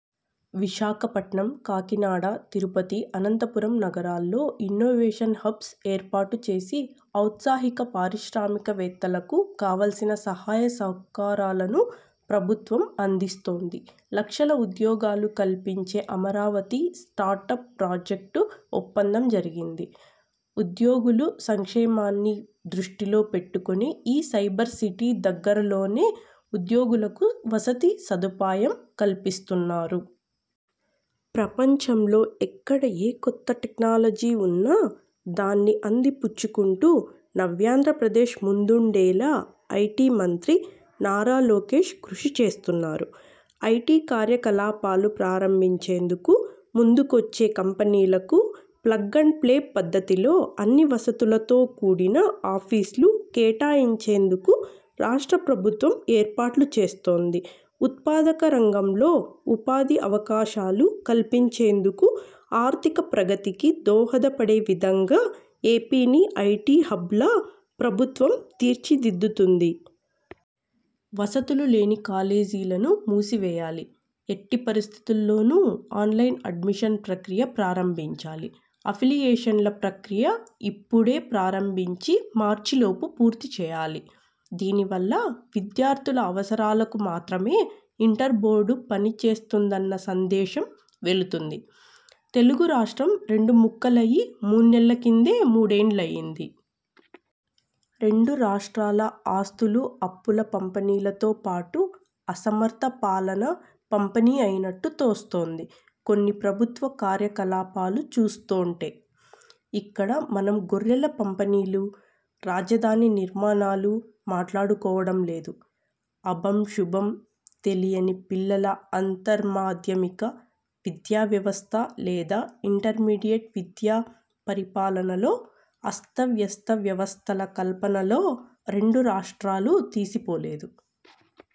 విశాఖపట్నం, కాకినాడ, తిరుపతి, అనంతపురం నగరాల్లో innovation hubs ఏర్పాటు చేసి ఔత్సాహిక పారిశ్రామికవేత్తలకు కావాల్సిన సహాయ సహకారాలను ప్రభుత్వం అందిస్తోంది. లక్షల ఉద్యోగాలు కల్పించే అమరావతి స్టార్టప్ ప్రాజెక్టు ఒప్పందం జరిగింది. ఉద్యోగుల సంక్షేమాన్ని దృష్టిలో పెట్టుకుని ఈ సైబర్ సిటీ దగ్గరలోనే ఉద్యోగులకు వసతి సదుపాయం కల్పిస్తున్నారు. ప్రపంచంలో ఎక్కడ ఏ కొత్తటెక్నాలజీ ఉన్నా దాన్ని అంది పుచ్చుకుంటూ నవ్యాంధ్రప్రదేశ్ ముందుండేలా ఐటీ మంత్రి నారా లోకేశ్ కృషి చేస్తున్నారు. ఐటీకార్యకలాపాలు ప్రారంభించేందుకు ముందుకొచ్చే కంపెనీలకు ప్లగ్&ప్లే పద్ధతిలో అన్ని వసతులతో కూడిన ఆఫీస్లు కేటాయించేందుకు రాష్ట్రప్రభుత్వం ఏర్పాట్లుచేస్తోంది. ఉత్పాదక రం గంలో ఉపాధి అవకాశాలు కల్పించేందుకు, ఆర్థిక ప్రగతికి దోహదపడే విధంగా ఏపీని ఐటీ హబ్గా ప్రభుత్వం తీర్చిదిద్దుతుంది. వసతులు లేని కాలేజీలను మూసివేయాలి. ఎట్టి పరిస్థితుల్లోనూ ఆన్లైన్ అడ్మిషన్ ప్రక్రియ ప్రారంభించాలి. అఫిలియేషన్ల ప్రక్రియ ఇప్పుడే ప్రారంభించి మార్చిలోపు పూర్తి చేయాలి. దీనివల్ల విద్యార్థుల అవసరాలకు మాత్రమే ఇంటర్ బోర్డు పనిచేస్తుందన్న సందేశం వెళుతుంది. తెలుగు రాష్ట్రం రెండు ముక్కలయి మూణ్ణెల్ల కిందే మూడేండ్లయింది. రెండు రాష్ట్రాల ఆస్తులూ అప్పుల పంపిణీలతో పాటు అసమర్థ పాలనా పంపిణీ అయినట్టు తోస్తోంది కొన్ని ప్రభుత్వ కార్యకలాపాలు చూస్తోంటే. ఇక్కడ మనం గొర్రెల పంపిణీలూ, రాజధాని నిర్మాణాలూ మాట్లాడుకోవటం లేదు. అభం శుభం తెలియని పిల్లల అంతర్మాధ్యమిక విద్యావ్యవస్థ లేదా ఇంటర్మీడియట్ విద్యా పరిపాలనలో అస్తవ్యస్త వ్యవస్థల కల్పనలో రెండు రాష్ర్టాలూ తీసిపోలేదు.